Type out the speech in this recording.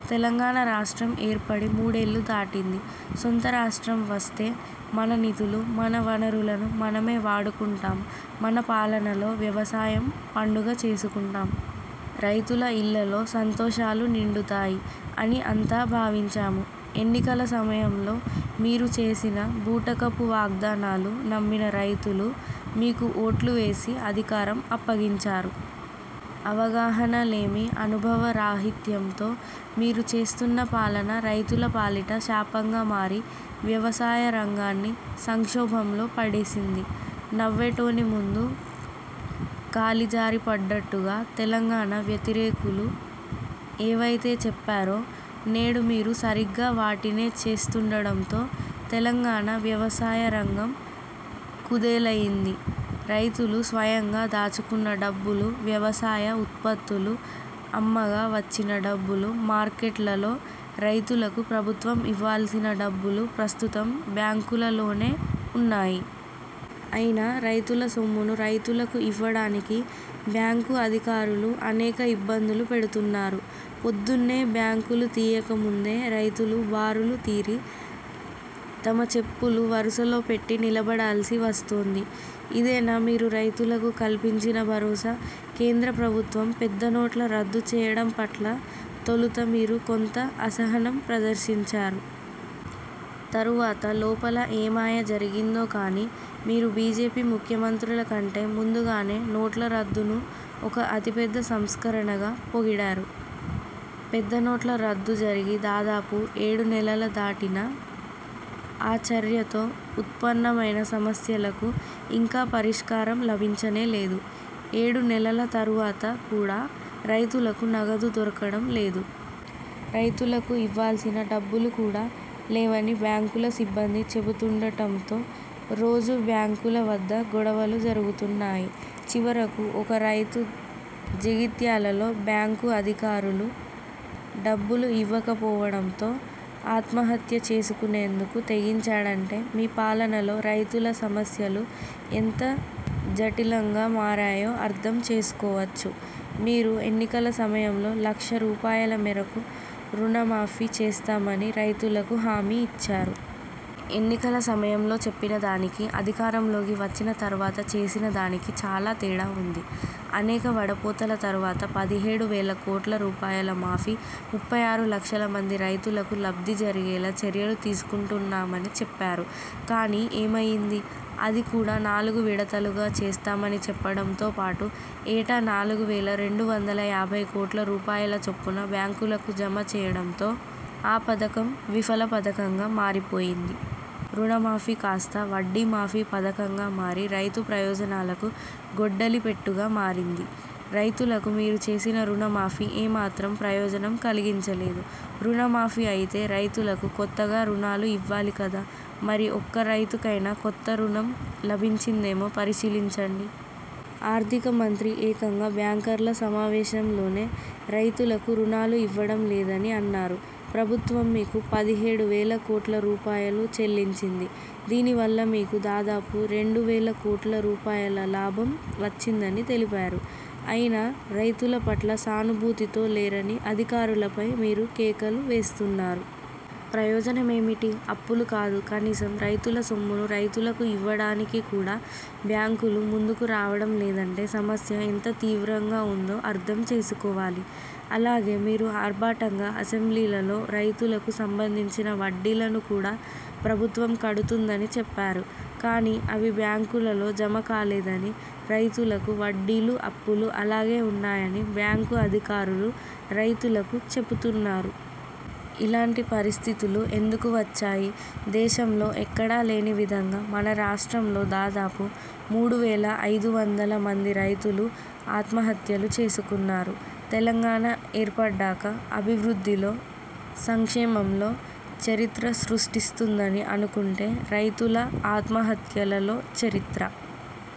తెలంగాణ రాష్ట్రం ఏర్పడి మూడేళ్లు దాటింది. సొంత రాష్ట్రం వస్తే మన నిధులు, మన వనరులు మనమే వాడుకుంటాం మన పాలనలో వ్యవసాయం పండుగ చేసుకుంటాం రైతుల ఇళ్ళలో సంతోషాలు నిండుతాయి అని అంతా భావించాము. ఎన్నికల సమయంలో మీరు చేసిన బూటకపు వాగ్దా నాలు నమ్మిన రైతులు మీకు ఓట్లు వేసి అధికారం అప్పగించారు. అవగాహన లేమి, అనుభవ రాహిత్యంతో మీరు చేస్తున్న పాలన రైతుల పాలిట శాపంగా మారి వ్యవసాయ రంగాన్ని సంక్షోభంలో పడేసింది. నవ్వేటోని ముందు కాలి జారిపడ్డట్టుగా తెలంగాణ వ్యతిరేకులు ఏవైతే చెప్పారో నేడు మీరు సరిగ్గా వాటినే చేస్తుండడంతో తెలంగాణ వ్యవసాయ రంగం కుదేలయింది. రైతులు స్వయంగా దాచుకున్న డబ్బులు, వ్యవసాయ ఉత్పత్తులు అమ్మగా వచ్చిన డబ్బులు, మార్కెట్లలో రైతులకు ప్రభుత్వం ఇవ్వాల్సిన డబ్బులు ప్రస్తుతం బ్యాంకులలోనే ఉన్నాయి. అయినా రైతుల సొమ్మును రైతులకు ఇవ్వడానికి బ్యాంకు అధికారులు అనేక ఇబ్బందులు పెడుతున్నారు! పొద్దున్నే బ్యాంకులు తీయకముందే రైతులు బారులు తీరి, తమ చెప్పులు వరసలో పెట్టి నిలబడాల్సి వస్తోంది. ఇదేనా మీరు రైతులకు కల్పించిన భరోసా? కేంద్ర ప్రభుత్వం పెద్ద నోట్ల రద్దు చేయడం పట్ల తొలుత మీరు కొంత అసహనం ప్రదర్శించాలి. తరువాత లోపల ఏమాయ జరిగిందో కానీ మీరు బిజెపి ముఖ్యమంత్రులకంటే ముందుగానే నోట్ల రద్దును ఒక అతిపెద్ద సంస్కరణగా పొగిడారు. పెద్ద నోట్ల రద్దు జరిగి దాదాపు ఏడు నెలల దాటినా, ఆ చర్యతో ఉత్పన్నమైన సమస్యలకు ఇంకా పరిష్కారం లభించనే లేదు. ఏడు నెలల తరువాత కూడా రైతులకు నగదు దొరకడం లేదు. రైతులకు ఇవ్వాల్సిన డబ్బులుకూడా లేవని బ్యాంకుల సిబ్బంది చెబుతుండటంతో రోజూ బ్యాంకుల వద్ద గొడవలు జరుగుతున్నాయి. చివరకు ఒక రైతు జగిత్యాలలో బ్యాంకు అధికారులు డబ్బులు ఇవ్వకపోవడంతో ఆత్మహత్య చేసుకునేందుకు తెగించాడంటే మీ పాలనలో రైతుల సమస్యలు ఎంత జటిలంగా మారాయో అర్థం చేసుకోవచ్చు. మీరు ఎన్నికల సమయంలో లక్ష రూపాయల మేరకు రుణ మాఫీ చేస్తామని రైతులకు హామీ ఇచ్చారు. ఎన్నికల సమయంలో చెప్పిన దానికి అధికారంలోకి వచ్చిన తరువాత చేసిన దానికి చాలా తేడా ఉంది. అనేక వడపోతల తరువాత పదిహేడు వేల కోట్ల రూపాయల మాఫీ, ముప్పై ఆరు లక్షల మంది రైతులకు లబ్ధి జరిగేలా చర్యలు తీసుకుంటున్నామని చెప్పారు. కానీ ఏమయింది? అది కూడా నాలుగు విడతలుగా చేస్తామని చెప్పడంతో పాటు ఏటా నాలుగు వేల రెండు వందల యాభై కోట్ల రూపాయల చొప్పున బ్యాంకులకు జమ చేయడంతో ఆ పథకం విఫల పథకంగా మారిపోయింది. రుణ మాఫీ కాస్తా, వడ్డీ మాఫీ పథకంగా మారి రైతు ప్రయోజనాలకు గొడ్డలిపెట్టుగా మారింది. రైతులకు మీరు చేసిన రుణ మాఫీ ఏ మాత్రం ప్రయోజనం కలిగించలేదు, రుణ మాఫీ అయితే రైతులకు కొత్తగా రుణాలు ఇవ్వాలి కదా. మరి ఒక్క రైతుకైనా కొత్త రుణం లభించిందేమో పరిశీలించండి. ఆర్థిక మంత్రి ఏకంగా బ్యాంకర్ల సమావేశంలోనే రైతులకు రుణాలు ఇవ్వడం లేదని అన్నారు. ప్రభుత్వం మీకు పదిహేడు వేల కోట్ల రూపాయలు చెల్లించింది. దీని వల్ల మీకు దాదాపు రెండు వేల కోట్ల రూపాయల లాభం వచ్చిందని తెలిపారు. అయినా, రైతుల పట్ల సానుభూతితో లేరని అధికారులపై మీరు కేకలు వేస్తున్నారు. ప్రయోజనమేమిటి? అప్పులు కాదు, కనీసం రైతుల సొమ్మును రైతులకు ఇవ్వడానికి కూడా బ్యాంకులు ముందుకు రావడం లేదంటే సమస్య ఎంత తీవ్రంగా ఉందో అర్థం చేసుకోవాలి. అలాగే మీరు ఆర్భాటంగా అసెంబ్లీలలో రైతులకు సంబంధించిన వడ్డీలను కూడా ప్రభుత్వం కడుతుందని చెప్పారు. కానీ అవి బ్యాంకులలో జమ కాలేదని, రైతులకు వడ్డీలు, అప్పులు అలాగే ఉన్నాయని బ్యాంకు అధికారులు రైతులకు చెపుతున్నారు. ఇలాంటి పరిస్థితులు ఎందుకు వచ్చాయి? దేశంలో ఎక్కడా లేని విధంగా మన రాష్ట్రంలో దాదాపు మూడు వేల ఐదు వందల మంది రైతులు ఆత్మహత్యలు చేసుకున్నారు. తెలంగాణ ఏర్పడ్డాక అభివృద్ధిలో, సంక్షేమంలో చరిత్ర సృష్టిస్తుందని అనుకుంటే రైతుల ఆత్మహత్యలలో చరిత్ర